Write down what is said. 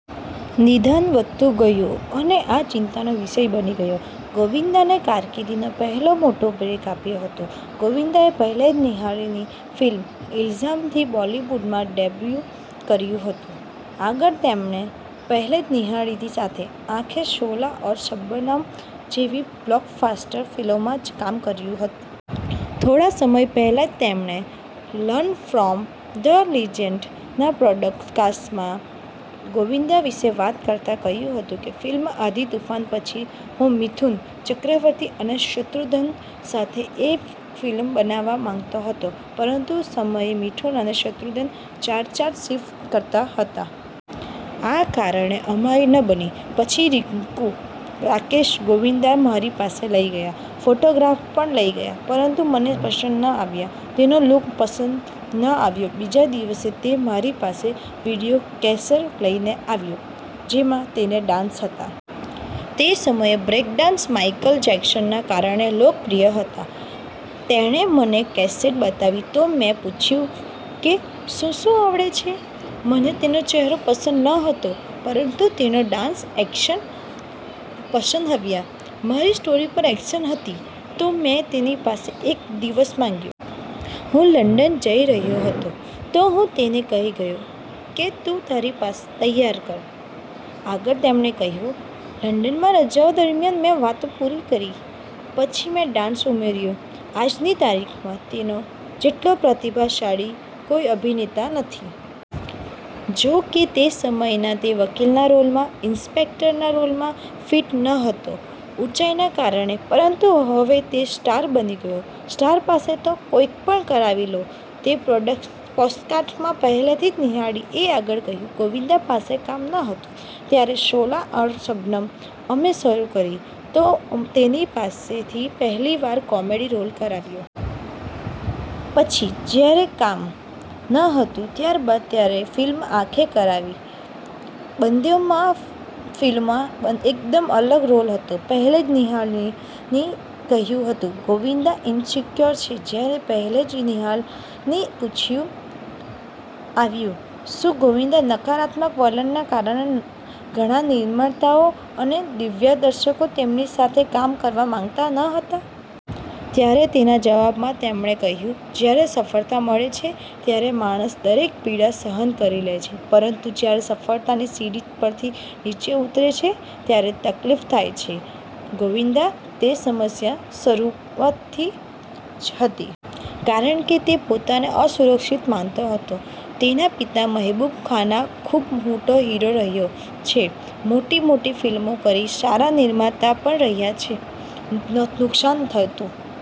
નિદાન વધતું ગયું અને આ ચિંતાનો વિષય બની ગયો. ગોવિંદાને કારકિર્દીનો પહેલો મોટો બ્રેક આપ્યો હતો. ગોવિંદાએ પહેલજ નિહલાનીની ફિલ્મ 'ઇલ્ઝામ' થી બોલિવૂડમાં ડેબ્યૂ કર્યું હતું. આગળ તેમણે પહેલજ નિહલાની સાથે 'આંખેં', 'શોલા ઔર શબનમ' જેવી બ્લોકબસ્ટર ફિલ્મોમાં કામ કર્યું. થોડા સમય પહેલા જ તેમણે 'લર્ન ફ્રોમ ધ લિજેન્ડ'ના પોડકાસ્ટમાં ગોવિંદા વિશે વાત કરતા કહ્યું હતું કે, "ફિલ્મ 'આંધી તુફાન' પછી હું મિથુન ચક્રવર્તી અને શત્રુઘ્ન સાથે એક ફિલ્મ બનાવવા માંગતો હતો, પરંતુ તે સમયે મિથુન અને શત્રુઘ્ન ચાર-ચાર શિફ્ટ કરતા હતા. આ કારણે અમારી ન બની. પછી રીક્કુ રાકેશ, ગોવિંદાને મારી પાસે લઈ આવ્યા. ફોટોગ્રાફ પણ લઈ આવ્યા, પરંતુ મને પસંદ ન આવ્યા. તેનો લુક પસંદ ન આવ્યો. બીજા દિવસે તે મારી પાસે વીડિયો કેસેટ લઈને આવ્યો, જેમાં તેના ડાન્સ હતા. તે સમયે બ્રેક ડાન્સ માઈકલ જેક્સનના કારણે લોકપ્રિય હતા. તેણે મને કેસેટ બતાવી, તો મેં પૂછ્યું કે 'શું-શું આવડે છે?' મને તેનો ચહેરો પસંદ નહોતો, પરંતુ તેનો ડાન્સ અને એક્શન પસંદ આવ્યા. મારી સ્ટોરી પૂરી એક્શન હતી, તો મેં તેની પાસેથી એક દિવસ માંગ્યો. હું લંડન જઈ રહ્યો હતો, તો હું તેને કહીને ગયો કે તું તારી તૈયારી કર." આગળ તેમણે કહ્યું, "લંડનમાં રજાઓ દરમિયાન મેં વાર્તા પૂરી કરી. પછી મેં તેમાં ડાન્સ ઉમેર્યો. આજની તારીખમાં તેના જેટલો પ્રતિભાશાળી કોઈ અભિનેતા નથી. જોકે તે સમયે તે વકીલના રોલમાં, ઇન્સ્પેક્ટરના રોલમાં ફિટ નહોતો થતો, ઊંચાઈના કારણે. પરંતુ હવે તે સ્ટાર બની ગયો છે, સ્ટાર પાસેથી તો કંઈ પણ કરાવી લો. તે જ પોડકાસ્ટમાં પહેલજ નિહલાનીએ આગળ કહ્યું, "ગોવિંદા પાસે કામ નહોતું, ત્યારે 'શોલા ઔર શબનમ' અમે શરૂ કરી, તો તેની પાસેથી પહેલીવાર કોમેડી રોલ કરાવ્યો. પછી જ્યારે કામ નહોતું, ત્યારબાદ ત્યારે ફિલ્મ 'આંખે' કરાવી. બંને ફિલ્મોમાં એકદમ અલગ રોલ હતો." પહેલજ નિહલાનીએ કહ્યું હતું, "ગોવિંદા ઇનસિક્યોર છે." જ્યારે પહેલજ નિહલાનીને પૂછવામાં આવ્યું કે, 'શું ગોવિંદાના નકારાત્મક વલણને કારણે ઘણા નિર્માતાઓ અને દિગ્દર્શકો તેમની સાથે કામ કરવા માંગતા ન હતા?' ત્યારે તેના જવાબમાં તેમણે કહ્યું, "જ્યારે સફળતા મળે છે, ત્યારે માણસ દરેક પીડા સહન કરી લે છે, પરંતુ જ્યારે સફળતાની સીડી પરથી નીચે ઉતરે છે ત્યારે તકલીફ થાય છે. ગોવિંદામાં તે સમસ્યા શરૂઆતથી જ હતી. કારણ કે તે પોતાને અસુરક્ષિત માનતો હતો. તેના પિતા મહેબૂબ ખાનના ખૂબ મોટા હીરો રહ્યા છે. મોટી-મોટી ફિલ્મો કરી, સારા નિર્માતા પણ રહ્યા, નુકસાન થયું.